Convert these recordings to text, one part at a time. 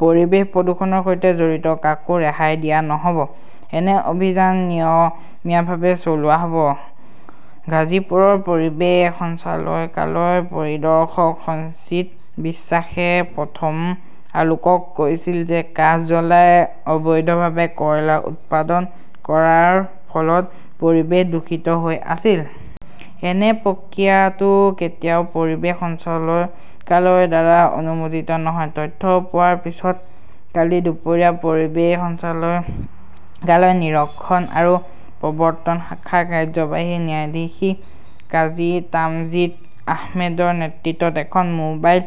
পৰিৱেশ প্ৰদূষণৰ সৈতে জড়িত কাকো ৰেহাই দিয়া নহ'ব। এনে অভিযান নিয়মীয়াভাৱে চলোৱা হ'ব। ঘাজীপুৰৰ পৰিৱেশ সঞ্চালকালয় পৰিদৰ্শক সঞ্জিত বিশ্বাসে প্ৰথম আলোকক কৈছিল যে কাঠ জ্বলাই অবৈধভাৱে কয়লা উৎপাদন কৰাৰ ফলত পৰিৱেশ দূষিত হৈ আছিল। এনে প্ৰক্ৰিয়াটো কেতিয়াও পৰিৱেশ সঞ্চালয়কালয়ৰ দ্বাৰা অনুমোদিত নহয়। তথ্য পোৱাৰ পিছত কালি দুপৰীয়া পৰিৱেশ সঞ্চালয়কালয়ৰ নিৰীক্ষণ আৰু প্ৰবৰ্ত্তন শাখাৰ কাৰ্যবাহী ন্যায়াধীশি কাজী তামজিদ আহমেদৰ নেতৃত্বত এখন মোবাইল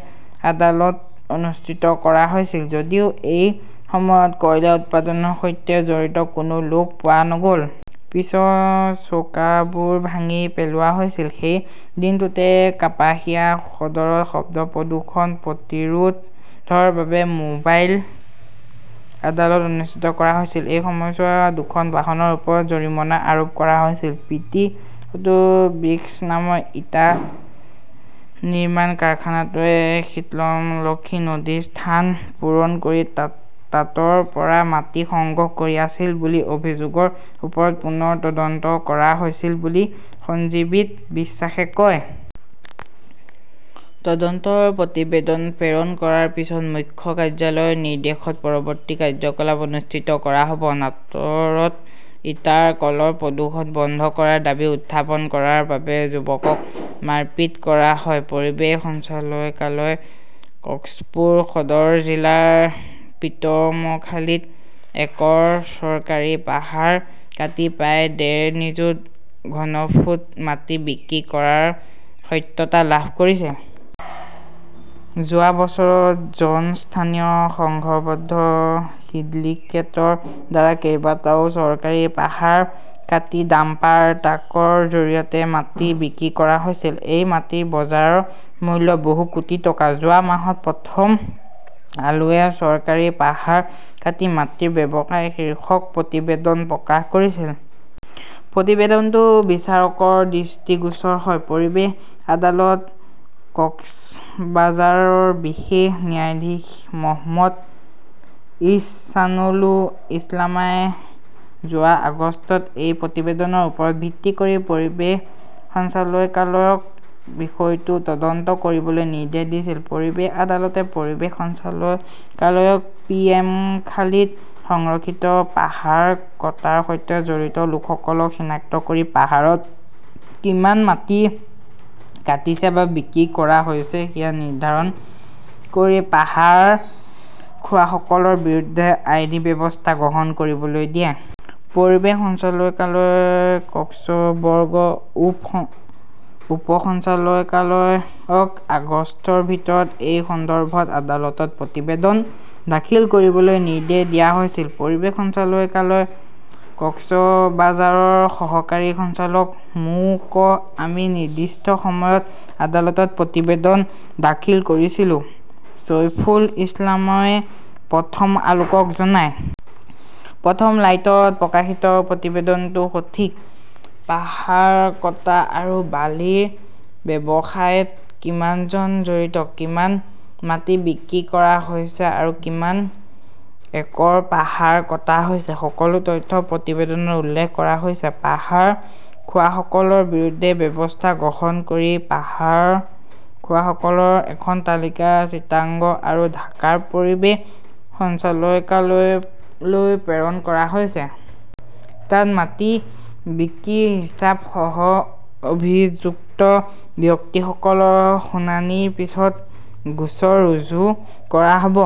আদালত অনুষ্ঠিত কৰা হৈছিল; যদিও এই সময়ত কয়লা উৎপাদনৰ সৈতে জড়িত কোনো লোক পোৱা নগ'ল। পিছৰ চৌকাবোৰ ভাঙি পেলোৱা হৈছিল। সেই দিনটোতে কাপাসিয়া সদৰত শব্দ প্ৰদূষণ প্ৰতিৰোধৰ বাবে মোবাইল আদালত অনুষ্ঠিত কৰা হৈছিল। এই সময়ছোৱাত দুখন বাহনৰ ওপৰত জৰিমনা আৰোপ কৰা হৈছিল। প্ৰিটি অটো ব্ৰিকছ নামৰ ইটা নিৰ্মাণ কাৰখানাটোৱে শীতলক্ষ্মী নদীৰ স্থান পূৰণ কৰি তাতৰ পৰা মাটি সংগ্ৰহ কৰি আছিল বুলি অভিযোগৰ ওপৰত পুনৰ তদন্ত কৰা হৈছে বুলি সঞ্জীৱিত বিশ্বাসে কয়। তদন্তৰ প্ৰতিবেদন প্ৰেৰণ কৰাৰ পিছত মুখ্য কাৰ্যালয়ৰ নিৰ্দেশত পৰৱৰ্তী কাৰ্যকলাপ অনুষ্ঠিত কৰা হ'ব। নাটৰত ইটাৰ কলৰ প্ৰদূষণ বন্ধ কৰাৰ দাবী উত্থাপন কৰাৰ বাবে যুৱকক মাৰপিট কৰা হয় পৰিৱেশ সঞ্চালকালয়ই কক্সপুৰ সদৰ জিলাৰ পিএমখালীত একৰ চৰকাৰী পাহাৰ কাটি প্ৰায় ডেৰ নিযুত ঘনফুট মাটি বিক্ৰী কৰাৰ সত্যতা লাভ কৰিছে। যোৱা বছৰত জন স্থানীয় সংঘবদ্ধ সিন্ডিকেটৰ দ্বাৰা কেইবাটাও চৰকাৰী পাহাৰ কাটি ডাম্পাৰ ট্ৰাকৰ জৰিয়তে মাটি বিক্ৰী কৰা হৈছিল। এই মাটিৰ বজাৰ মূল্য বহু কোটি টকা। যোৱা মাহত প্ৰথম আলোৱে চৰকাৰী পাহাৰ কাটি মাটিৰ ব্যৱসায় শীৰ্ষক প্ৰতিবেদন প্ৰকাশ কৰিছিল। প্ৰতিবেদনটো বিচাৰকৰ দৃষ্টিগোচৰ হয়। পৰিৱেশ আদালত কক্সবাজাৰৰ বিশেষ ন্যায়াধীশ মহম্মদ ইহছানুল ইছলামাই যোৱা আগষ্টত এই প্ৰতিবেদনৰ ওপৰত ভিত্তি কৰি পৰিৱেশ সঞ্চালয়কালয়ক বিষয়টো তদন্ত কৰিবলৈ নিৰ্দেশ দিছিল। পৰিৱেশ আদালতে পৰিৱেশ সঞ্চালয়কালয়ক পিএমখালীত সংৰক্ষিত পাহাৰ কটাৰ সৈতে জড়িত লোকসকলক চিনাক্ত কৰি পাহাৰত কিমান মাটি কাটিছে বা বিক্ৰী কৰা হৈছে সেয়া নিৰ্ধাৰণ কৰি পাহাৰ খোৱাসকলৰ বিৰুদ্ধে আইনী ব্যৱস্থা গ্ৰহণ কৰিবলৈ দিয়ে। পৰিৱেশ সঞ্চালয়কালয়ৰ কক্সবৰ্গৰ উপ সঞ্চালয়কালয়ক আগষ্টৰ ভিতৰত এই সন্দৰ্ভত আদালতত প্ৰতিবেদন দাখিল কৰিবলৈ নিৰ্দেশ দিয়া হৈছিল। পৰিৱেশ সঞ্চালয়কালয় কক্সবাজাৰৰ সহকাৰী সঞ্চালক মো.‌ক আমি নিৰ্দিষ্ট সময়ত আদালতত প্ৰতিবেদন দাখিল কৰিছিলো, চৈফুল ইছলামই প্ৰথম আলোকক জনায়। প্ৰথম লাইটত প্ৰকাশিত প্ৰতিবেদনটো সঠিক। পাহাৰ কটা আৰু বালিৰ ব্যৱসায়ত কিমানজন জড়িত, কিমান মাটি বিক্ৰী কৰা হৈছে আৰু কিমান একৰ পাহাৰ কটা হৈছে; সকলো তথ্য প্ৰতিবেদনত উল্লেখ কৰা হৈছে। পাহাৰ খোৱাসকলৰ বিৰুদ্ধে ব্যৱস্থা গ্ৰহণ কৰি পাহাৰ খোৱাসকলৰ এখন তালিকা চিটাংগ আৰু ঢাকাৰ পৰিৱেশ সঞ্চালকালয়লৈ প্ৰেৰণ কৰা হৈছে। তাত মাটি বিক্ৰীৰ হিচাপ সহ অভিযুক্ত ব্যক্তিসকলৰ শুনানিৰ পিছত গোচৰ ৰুজু কৰা হ'ব।